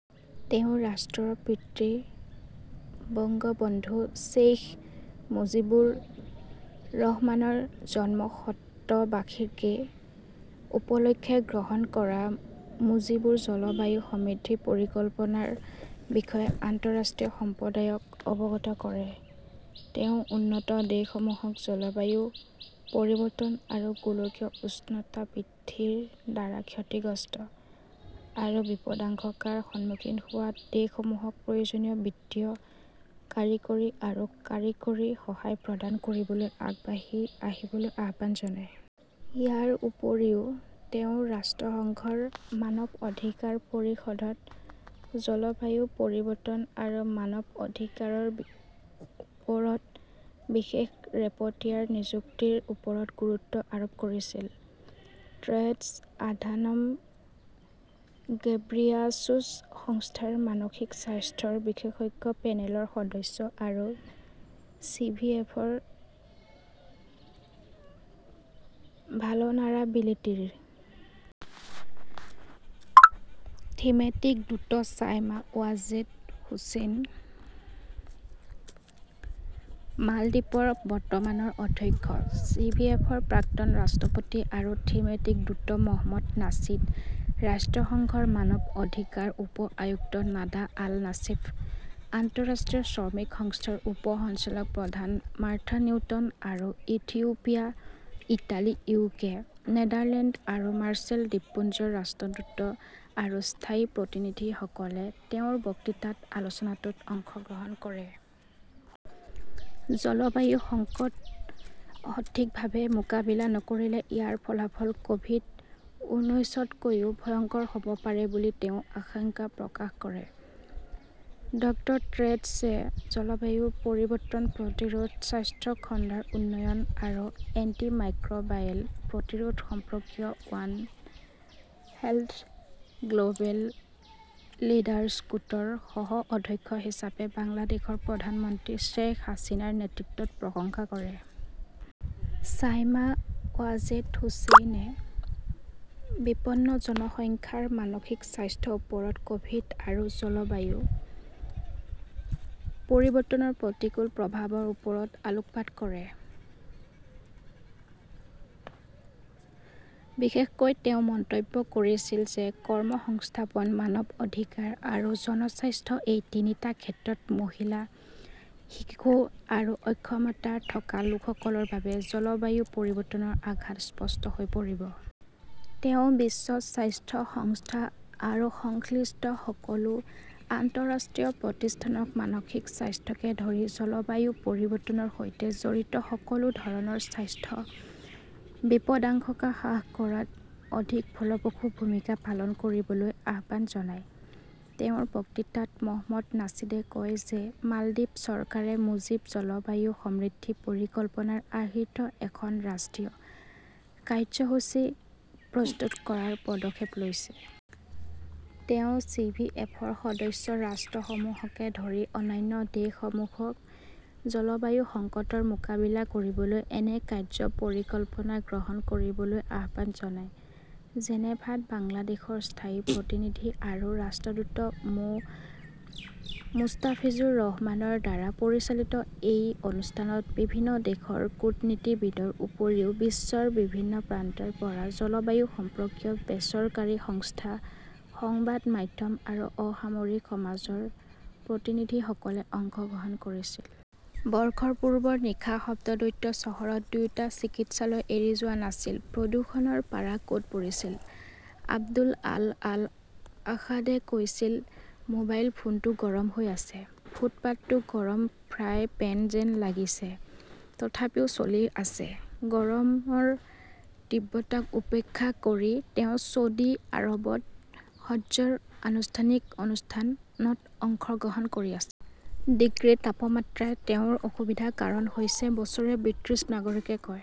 তেওঁ ৰাষ্ট্ৰৰ পিতৃ বঙ্গবন্ধু শ্বেইখ মুজিবুৰ ৰহমানৰ জন্মশতবাৰ্ষিকী উপলক্ষে গ্ৰহণ কৰা মুজিবুৰ জলবায়ু সমৃদ্ধি পৰিকল্পনাৰ বিষয়ে আন্তঃৰাষ্ট্ৰীয় সম্প্ৰদায়ক অৱগত কৰে। তেওঁ উন্নত দেশসমূহক জলবায়ু পৰিৱৰ্তন আৰু গোলকীয় উষ্ণতা বৃদ্ধিৰ দ্বাৰা ক্ষতিগ্ৰস্ত আৰু বিপদাশংকাৰ সন্মুখীন হোৱা দেশসমূহক প্ৰয়োজনীয় বিত্তীয়, কাৰিকৰী আৰু কাৰিকৰী সহায় প্ৰদান কৰিবলৈ আগবাঢ়ি আহিবলৈ আহ্বান জনায়। ইয়াৰ উপৰিও, তেওঁ ৰাষ্ট্ৰসংঘৰ মানৱ অধিকাৰ পৰিষদত জলবায়ু পৰিৱৰ্তন আৰু মানৱ অধিকাৰৰ ওপৰত বিশেষ ৰেপটিয়াৰ নিযুক্তিৰ ওপৰত গুৰুত্ব আৰোপ কৰিছিল। টেড্ৰছ আধানম গেব্ৰিয়াছুছ, সংস্থাৰ মানসিক স্বাস্থ্যৰ বিশেষজ্ঞ পেনেলৰ সদস্য আৰু চিভিএফৰ ভালনাৰাবিলিটি ৰ থিমেটিক দূত চাইমা ৱাজেদ হোসেন, মালদ্বীপৰ বৰ্তমানৰ অধ্যক্ষ, চিভিএফৰ প্ৰাক্তন ৰাষ্ট্ৰপতি আৰু থিমেটিক দূত মহম্মদ নাছিদ, ৰাষ্ট্ৰসংঘৰ মানৱ অধিকাৰ উপ আয়ুক্ত নাডা আল নাছিফ, আন্তঃৰাষ্ট্ৰীয় শ্ৰমিক সংস্থাৰ উপ সঞ্চালক প্ৰধান মাৰ্থা নিউটন, আৰু ইথিওপিয়া, ইটালী, ইউকে, নেদাৰলেণ্ড আৰু মাৰ্শ্বেল দ্বীপপুঞ্জৰ ৰাষ্ট্ৰদূত আৰু স্থায়ী প্ৰতিনিধিসকলে তেওঁৰ বক্তৃতাত আলোচনাটোত অংশগ্ৰহণ কৰে। জলবায়ু সংকট সঠিকভাৱে মোকাবিলা নকৰিলে ইয়াৰ ফলাফল ক'ভিড উনৈছতকৈও ভয়ংকৰ হ'ব পাৰে বুলি তেওঁ আশংকা প্ৰকাশ কৰে। ড. টেড্ৰছে জলবায়ু পৰিৱৰ্তন প্ৰতিৰোধ, স্বাস্থ্য খণ্ডৰ উন্নয়ন আৰু এন্টিমাইক্ৰ'বায়েল প্ৰতিৰোধ সম্পৰ্কীয় ৱান হেল্থ গ্ল'বেল লিডাৰ্ছ গোটৰ সহ অধ্যক্ষ হিচাপে বাংলাদেশৰ প্ৰধানমন্ত্ৰী শ্বেখ হাছিনাৰ নেতৃত্বৰ প্ৰশংসা কৰে। ছায়মা ৱাজেদ হুচেইনে বিপন্ন জনসংখ্যাৰ মানসিক স্বাস্থ্যৰ ওপৰত ক'ভিড আৰু জলবায়ু পৰিৱৰ্তনৰ প্ৰতিকূল প্ৰভাৱৰ ওপৰত আলোকপাত কৰে। বিশেষকৈ তেওঁ মন্তব্য কৰিছিল যে কৰ্মসংস্থাপন, মানৱ অধিকাৰ আৰু জনস্বাস্থ্য এই তিনিটা ক্ষেত্ৰত মহিলা, শিশু আৰু অক্ষমতা থকা লোকসকলৰ বাবে জলবায়ু পৰিৱৰ্তনৰ আঘাত স্পষ্ট হৈ পৰিব। তেওঁ বিশ্ব স্বাস্থ্য সংস্থা আৰু সংশ্লিষ্ট সকলো আন্তঃৰাষ্ট্ৰীয় প্ৰতিষ্ঠানক মানসিক স্বাস্থ্যকে ধৰি জলবায়ু পৰিৱৰ্তনৰ সৈতে জড়িত সকলো ধৰণৰ স্বাস্থ্য বিপদাশংকা হ্ৰাস কৰাত অধিক ফলপ্ৰসূ ভূমিকা পালন কৰিবলৈ আহ্বান জনায়। তেওঁৰ বক্তৃতাত মহম্মদ নাছিদে কয় যে মালদ্বীপ চৰকাৰে মুজীব জলবায়ু সমৃদ্ধি পৰিকল্পনাৰ আৰ্হিত এখন ৰাষ্ট্ৰীয় কাৰ্যসূচী প্ৰস্তুত কৰাৰ পদক্ষেপ লৈছে। তেওঁ চি ভি এফৰ সদস্য ৰাষ্ট্ৰসমূহকে ধৰি অন্যান্য দেশসমূহক জলবায়ু সংকটৰ মোকাবিলা কৰিবলৈ এনে কাৰ্য্য পৰিকল্পনা গ্ৰহণ কৰিবলৈ আহ্বান জনায়। জেনেভাত বাংলাদেশৰ স্থায়ী প্ৰতিনিধি আৰু ৰাষ্ট্ৰদূত মো. মুষ্টাফিজুৰ ৰহমানৰ দ্বাৰা পৰিচালিত এই অনুষ্ঠানত বিভিন্ন দেশৰ কূটনীতিবিদৰ উপৰিও বিশ্বৰ বিভিন্ন প্ৰান্তৰ পৰা জলবায়ু সম্পৰ্কীয় বেচৰকাৰী সংস্থা, সংবাদ মাধ্যম আৰু অসামৰিক সমাজৰ প্ৰতিনিধিসকলে অংশগ্ৰহণ কৰিছিল। বৰ্ষপূৰ্বৰ নিশা শব্দদৈত্য চহৰত, দুয়োটা চিকিৎসালয় এৰি যোৱা নাছিল, প্ৰদূষণৰ পাৰা ক'ত পৰিছিল? আব্দুল আল আল আসাদে কৈছিল, মোবাইল ফোনটো গৰম হৈ আছে, ফুটপাতটো গৰম ফ্ৰাই পেন যেন লাগিছে, তথাপিও চলি আছে। গৰমৰ তীব্ৰতাক উপেক্ষা কৰি তেওঁ ছৌদি আৰৱত হজ্জৰ আনুষ্ঠানিক অনুষ্ঠানত অংশগ্ৰহণ কৰি আছে। ডিগ্ৰী তাপমাত্ৰাই তেওঁৰ অসুবিধাৰ কাৰণ হৈছে, বছৰীয়া ব্ৰিটিছ নাগৰিকে কয়।